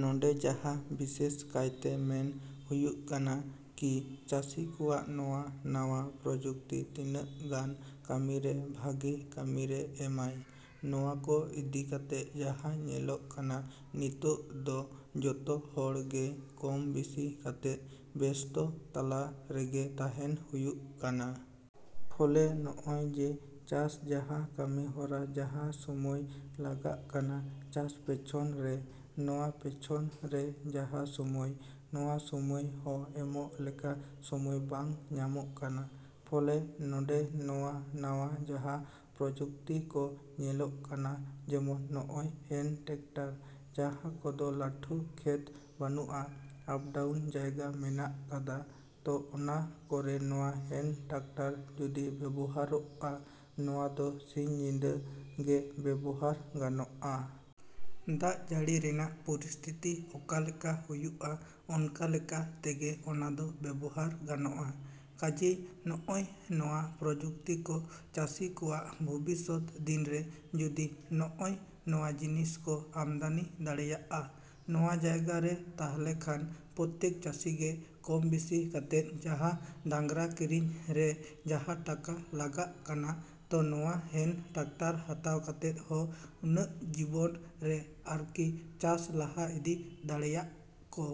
ᱱᱚᱸᱰᱮ ᱡᱟᱦᱟᱸ ᱵᱤᱥᱮᱥ ᱠᱟᱭᱛᱮ ᱢᱮᱱ ᱦᱩᱭᱩᱜ ᱠᱟᱱᱟ ᱠᱤ ᱪᱟᱹᱥᱤ ᱠᱚᱣᱟᱜ ᱱᱚᱣᱟ ᱱᱟᱣᱟ ᱯᱨᱚᱡᱩᱠᱛᱤ ᱛᱤᱱᱟᱹᱜ ᱜᱟᱱ ᱠᱟᱹᱢᱤ ᱨᱮ ᱵᱷᱟᱜᱮ ᱠᱟᱹᱢᱤ ᱨᱮ ᱮᱢᱟᱭ, ᱱᱚᱣᱟ ᱠᱚ ᱤᱫᱤ ᱠᱟᱛᱮᱫ ᱡᱟᱦᱟᱸ ᱧᱮᱞᱚᱜ ᱠᱟᱱᱟ ᱱᱤᱛᱳᱝ ᱫᱚ ᱡᱚᱛᱚ ᱦᱚᱲ ᱜᱮ ᱠᱚᱢ ᱵᱤᱥᱤ ᱠᱟᱛᱮᱫ ᱵᱮᱥᱛᱚ ᱛᱟᱞᱟ ᱨᱮᱜᱮ ᱛᱟᱦᱮᱱ ᱦᱩᱭᱩᱜ ᱠᱟᱱᱟ᱾ ᱯᱷᱚᱞᱮ ᱱᱚᱜ-ᱚᱭ ᱡᱮ ᱪᱟᱥ ᱡᱟᱦᱟᱸ ᱠᱟᱹᱢᱤ ᱦᱚᱨᱟ ᱡᱟᱦᱟᱸ ᱥᱚᱢᱚᱭ ᱞᱟᱜᱟᱜ ᱠᱟᱱᱟ ᱪᱟᱥ ᱯᱮᱪᱷᱚᱱ ᱨᱮ, ᱱᱚᱣᱟ ᱯᱮᱪᱷᱚᱱ ᱨᱮ ᱡᱟᱦᱟᱸ ᱥᱚᱢᱚᱭ, ᱱᱚᱣᱟ ᱥᱚᱢᱚᱭ ᱦᱚᱸ ᱮᱢᱚᱜ ᱞᱮᱠᱟ ᱥᱚᱢᱚᱭ ᱵᱟᱝ ᱧᱟᱢᱚᱜ ᱠᱟᱱᱟ᱾ ᱯᱷᱚᱞᱮ ᱱᱚᱸᱰᱮ ᱱᱚᱣᱟ ᱱᱟᱣᱟ ᱡᱟᱦᱟᱸ ᱯᱨᱚᱡᱩᱠᱛᱤ ᱠᱚ ᱧᱮᱞᱚᱜ ᱠᱟᱱᱟ ᱡᱮᱢᱚᱱ ᱱᱚᱜ-ᱚᱭ ᱦᱮᱱ ᱴᱮᱠᱴᱟᱨ ᱡᱟᱦᱟᱸ ᱠᱚᱫᱚ ᱞᱟᱹᱴᱩ ᱠᱷᱮᱛ ᱵᱟᱹᱱᱩᱜ-ᱟ, ᱟᱯᱰᱟᱣᱩᱱ ᱡᱟᱭᱜᱟ ᱢᱮᱱᱟᱜ ᱠᱟᱫ-ᱟ, ᱛᱚ ᱚᱱᱟ ᱠᱚᱨᱮ ᱱᱚᱣᱟ ᱦᱮᱱ ᱴᱮᱠᱴᱟᱨ ᱡᱩᱫᱤ ᱵᱮᱵᱚᱦᱟᱨᱚᱜ-ᱟ, ᱱᱚᱣᱟ ᱫᱚ ᱥᱤᱧ ᱧᱤᱫᱟᱹ ᱜᱮ ᱵᱮᱵᱚᱦᱟᱨ ᱜᱟᱱᱚᱜᱼᱟ᱾ ᱫᱟᱜ ᱡᱟᱹᱲᱤ ᱨᱮᱱᱟᱜ ᱯᱚᱨᱤᱥᱛᱷᱤᱛᱤ ᱚᱠᱟᱞᱮᱠᱟ ᱦᱩᱭᱩᱜ-ᱟ, ᱚᱱᱟᱞᱮᱠᱟ ᱛᱮᱜᱮ ᱚᱱᱟ ᱫᱚ ᱵᱮᱵᱚᱦᱟᱨ ᱜᱟᱱᱚᱜ-ᱟ᱾ ᱠᱟᱡᱮᱭ ᱱᱚᱜ-ᱚᱭ ᱱᱚᱣᱟ ᱯᱨᱚᱡᱩᱠᱛᱤ ᱠᱚ ᱪᱟᱹᱥᱤ ᱠᱚᱣᱟᱜ ᱵᱷᱚᱵᱤᱥᱥᱚᱛ ᱫᱤᱱ ᱨᱮ ᱡᱩᱫᱤ ᱱᱚᱜ-ᱚᱭ ᱱᱚᱣᱟ ᱡᱤᱱᱤᱥ ᱠᱚ ᱟᱢᱫᱟᱱᱤ ᱫᱟᱲᱮᱭᱟᱜ-ᱟ, ᱱᱚᱣᱟ ᱡᱟᱭᱜᱟ ᱨᱮ ᱛᱟᱦᱞᱮ ᱠᱷᱟᱱ ᱯᱨᱚᱛᱛᱮᱠ ᱪᱟᱹᱥᱤ ᱜᱮ ᱠᱚᱢ ᱵᱮᱥᱤ ᱠᱟᱛᱮᱫ ᱡᱟᱦᱟᱸ ᱰᱟᱝᱨᱟ ᱠᱤᱨᱤᱧ ᱨᱮ ᱡᱟᱦᱟᱸ ᱴᱟᱠᱟ ᱞᱟᱜᱟᱜ ᱠᱟᱱᱟ, ᱛᱚ ᱱᱚᱣᱟ ᱦᱮᱱ ᱴᱟᱠᱴᱟᱨ ᱦᱟᱛᱟᱣ ᱠᱟᱛᱮᱫ ᱦᱚᱸ ᱩᱱᱠᱩᱣᱟᱜ ᱡᱤᱵᱚᱱ ᱨᱮ ᱟᱨᱠᱤ ᱪᱟᱥ ᱞᱟᱦᱟ ᱤᱫᱤ ᱫᱟᱲᱮᱭᱟᱜ-ᱟ ᱠᱚ᱾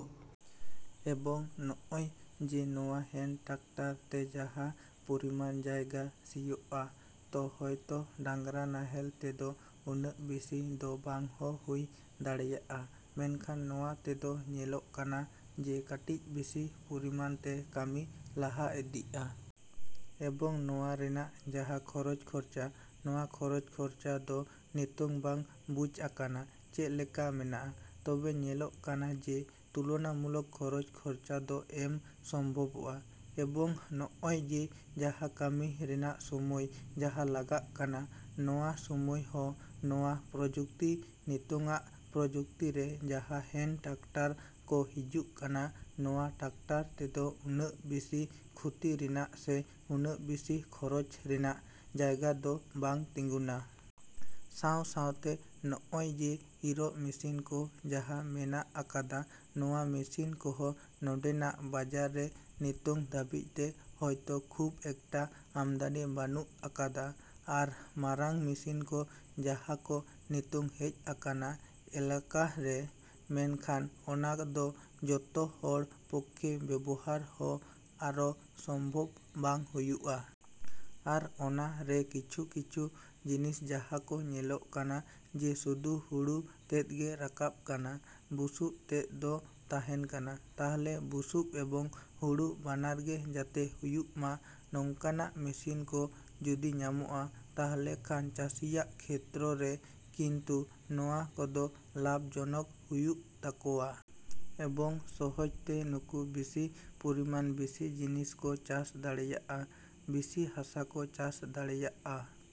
ᱮᱵᱚᱝ ᱱᱚᱜ-ᱚᱭ ᱡᱮ, ᱱᱚᱣᱟ ᱦᱮᱱ ᱴᱮᱠᱴᱟᱨ ᱛᱮ ᱡᱟᱦᱟᱸ ᱯᱚᱨᱤᱢᱟᱱ ᱡᱟᱭᱜᱟ ᱥᱤᱭᱚᱜᱼᱟ, ᱛᱚ ᱦᱳᱭᱛᱳ ᱰᱟᱝᱨᱟ ᱱᱟᱦᱮᱞ ᱛᱮᱫᱚ ᱩᱱᱟᱹᱜ ᱵᱮᱥᱤ ᱫᱚ ᱵᱟᱝ ᱦᱚᱸ ᱦᱩᱭ ᱫᱟᱲᱮᱭᱟᱜ-ᱟ᱾ ᱢᱮᱱᱠᱷᱟᱱ ᱱᱚᱣᱟ ᱛᱮᱫᱚ ᱧᱮᱞᱚᱜ ᱠᱟᱱᱟ ᱡᱮ ᱠᱟᱹᱴᱤᱡ ᱵᱮᱥᱤ ᱯᱚᱨᱤᱢᱟᱱ ᱛᱮ ᱠᱟᱹᱢᱤ ᱞᱟᱦᱟ ᱤᱫᱤᱜ-ᱟ᱾ ᱮᱵᱚᱝ ᱱᱚᱣᱟ ᱨᱮᱱᱟᱜ ᱡᱟᱦᱟᱸ ᱠᱷᱚᱨᱚᱪ ᱠᱷᱚᱨᱪᱟ, ᱱᱚᱣᱟ ᱠᱷᱚᱨᱚᱪ ᱠᱷᱚᱨᱪᱟ ᱫᱚ ᱱᱤᱛᱳᱝ ᱵᱟᱝ ᱵᱩᱡᱟᱠᱟᱱᱟ, ᱪᱮᱫᱞᱮᱠᱟ ᱢᱮᱱᱟᱜ-ᱟ? ᱛᱚᱵᱮ ᱧᱮᱞᱚᱜ ᱠᱟᱱᱟ ᱡᱮ, ᱛᱩᱞᱚᱱᱟᱢᱩᱞᱚᱠ ᱠᱷᱚᱨᱚᱪ ᱠᱷᱚᱨᱪᱟ ᱫᱚ ᱮᱢ ᱥᱚᱢᱵᱷᱚᱵᱚᱜ-ᱟ, ᱮᱵᱚᱝ ᱱᱚᱜ-ᱚᱭ ᱡᱮ, ᱡᱟᱦᱟᱸ ᱠᱟᱹᱢᱤ ᱨᱮᱱᱟᱜ ᱥᱚᱢᱚᱭ ᱡᱟᱦᱟᱸ ᱞᱟᱜᱟᱜ ᱠᱟᱱᱟ, ᱱᱚᱣᱟ ᱥᱚᱢᱚᱭ ᱦᱚᱸ ᱱᱚᱣᱟ ᱯᱨᱚᱡᱩᱠᱛᱤ, ᱱᱤᱛᱳᱝᱟᱜ ᱯᱨᱚᱡᱩᱠᱛᱤ ᱨᱮ ᱡᱟᱦᱟᱸ ᱦᱮᱱ ᱴᱟᱠᱴᱟᱨ ᱠᱚ ᱦᱤᱡᱩᱜ ᱠᱟᱱᱟ, ᱱᱚᱣᱟ ᱴᱟᱠᱴᱟᱨ ᱛᱮᱫᱚ ᱩᱱᱟᱹᱜ ᱵᱮᱥᱤ ᱠᱷᱚᱛᱤ ᱨᱮᱱᱟᱜ ᱥᱮ ᱩᱱᱟᱹᱜ ᱵᱮᱥᱤ ᱠᱷᱚᱨᱚᱪ ᱨᱮᱱᱟᱜ ᱡᱟᱭᱜᱟ ᱫᱚ ᱵᱟᱝ ᱛᱤᱸᱜᱩᱱᱟ᱾ ᱥᱟᱶ ᱥᱟᱶᱛᱮ ᱱᱚᱜ-ᱚᱭ ᱡᱮ ᱤᱨᱚᱜ ᱢᱮᱥᱤᱱ ᱠᱚ ᱡᱟᱦᱟᱸ ᱢᱮᱱᱟᱜ ᱟᱠᱟᱫᱼᱟ, ᱱᱚᱣᱟ ᱢᱮᱥᱤᱱ ᱠᱚᱦᱚᱸ ᱱᱚᱸᱰᱮᱱᱟᱜ ᱵᱟᱡᱟᱨ ᱨᱮ ᱱᱤᱛᱳᱝ ᱫᱷᱟᱹᱵᱤᱡ ᱛᱮ ᱦᱳᱭᱛᱳ ᱠᱷᱩᱵ ᱮᱠᱴᱟ ᱟᱢᱫᱟᱱᱤ ᱵᱟᱹᱱᱩᱜ ᱟᱠᱟᱫ-ᱟ᱾ ᱟᱨ ᱢᱟᱨᱟᱝ ᱢᱤᱥᱤᱱ ᱠᱚ ᱡᱟᱦᱟᱸ ᱠᱚ ᱱᱤᱛᱳᱝ ᱦᱮᱡ ᱟᱠᱟᱱᱟ ᱮᱞᱟᱠᱟ ᱨᱮ, ᱢᱮᱱᱠᱷᱟᱱ ᱚᱱᱟ ᱫᱚ ᱡᱚᱛᱚ ᱦᱚᱲᱟᱜ ᱯᱚᱠᱠᱷᱮ ᱵᱮᱵᱚᱦᱟᱨ ᱦᱚᱸ ᱟᱨᱚ ᱥᱚᱢᱵᱷᱚᱵᱽ ᱵᱟᱝ ᱦᱩᱭᱩᱜ-ᱟ᱾ ᱟᱨ ᱚᱱᱟ ᱨᱮ ᱠᱤᱪᱷᱩ ᱠᱤᱪᱷᱩ ᱡᱤᱱᱤᱥ ᱡᱟᱦᱟᱸ ᱠᱚ ᱧᱮᱞᱚᱜ ᱠᱟᱱᱟ ᱡᱮ ᱥᱩᱫᱩ ᱦᱩᱲᱩ ᱛᱮᱫ ᱜᱮ ᱨᱟᱠᱟᱵ ᱠᱟᱱᱟ, ᱵᱩᱥᱩᱵ ᱛᱮᱫ ᱫᱚ ᱛᱟᱦᱮᱱ ᱠᱟᱱᱟ᱾ ᱛᱟᱦᱞᱮ ᱵᱩᱥᱩᱵ ᱮᱵᱚᱝ ᱦᱩᱲᱩ ᱵᱟᱱᱟᱨ ᱜᱮ ᱡᱟᱛᱮ ᱦᱩᱭᱩᱜ-ᱢᱟ, ᱱᱚᱝᱠᱟᱱᱟᱜ ᱢᱮᱥᱤᱱ ᱠᱚ ᱡᱩᱫᱤ ᱧᱟᱢᱚᱜ-ᱟ, ᱛᱟᱦᱞᱮ ᱠᱷᱟᱱ ᱪᱟᱹᱥᱤᱭᱟᱜ ᱠᱷᱮᱛᱨᱚ ᱨᱮ ᱠᱤᱱᱛᱩ ᱱᱚᱣᱟ ᱠᱚᱫᱚ ᱞᱟᱵᱷ ᱡᱚᱱᱚᱠ ᱦᱩᱭᱩᱜ ᱛᱟᱠᱚᱣᱟ᱾ ᱮᱵᱚᱝ ᱥᱚᱦᱚᱡᱽ ᱛᱮ ᱱᱩᱠᱩ ᱵᱮᱥᱤ ᱯᱚᱨᱤᱢᱟᱱ ᱵᱮᱥᱤ ᱡᱤᱱᱤᱥ ᱠᱚ ᱪᱟᱥ ᱫᱟᱲᱮᱭᱟᱜ-ᱟ, ᱵᱮᱥᱤ ᱦᱟᱥᱟ ᱠᱚ ᱪᱟᱥ ᱫᱟᱲᱮᱭᱟᱜ-ᱟ।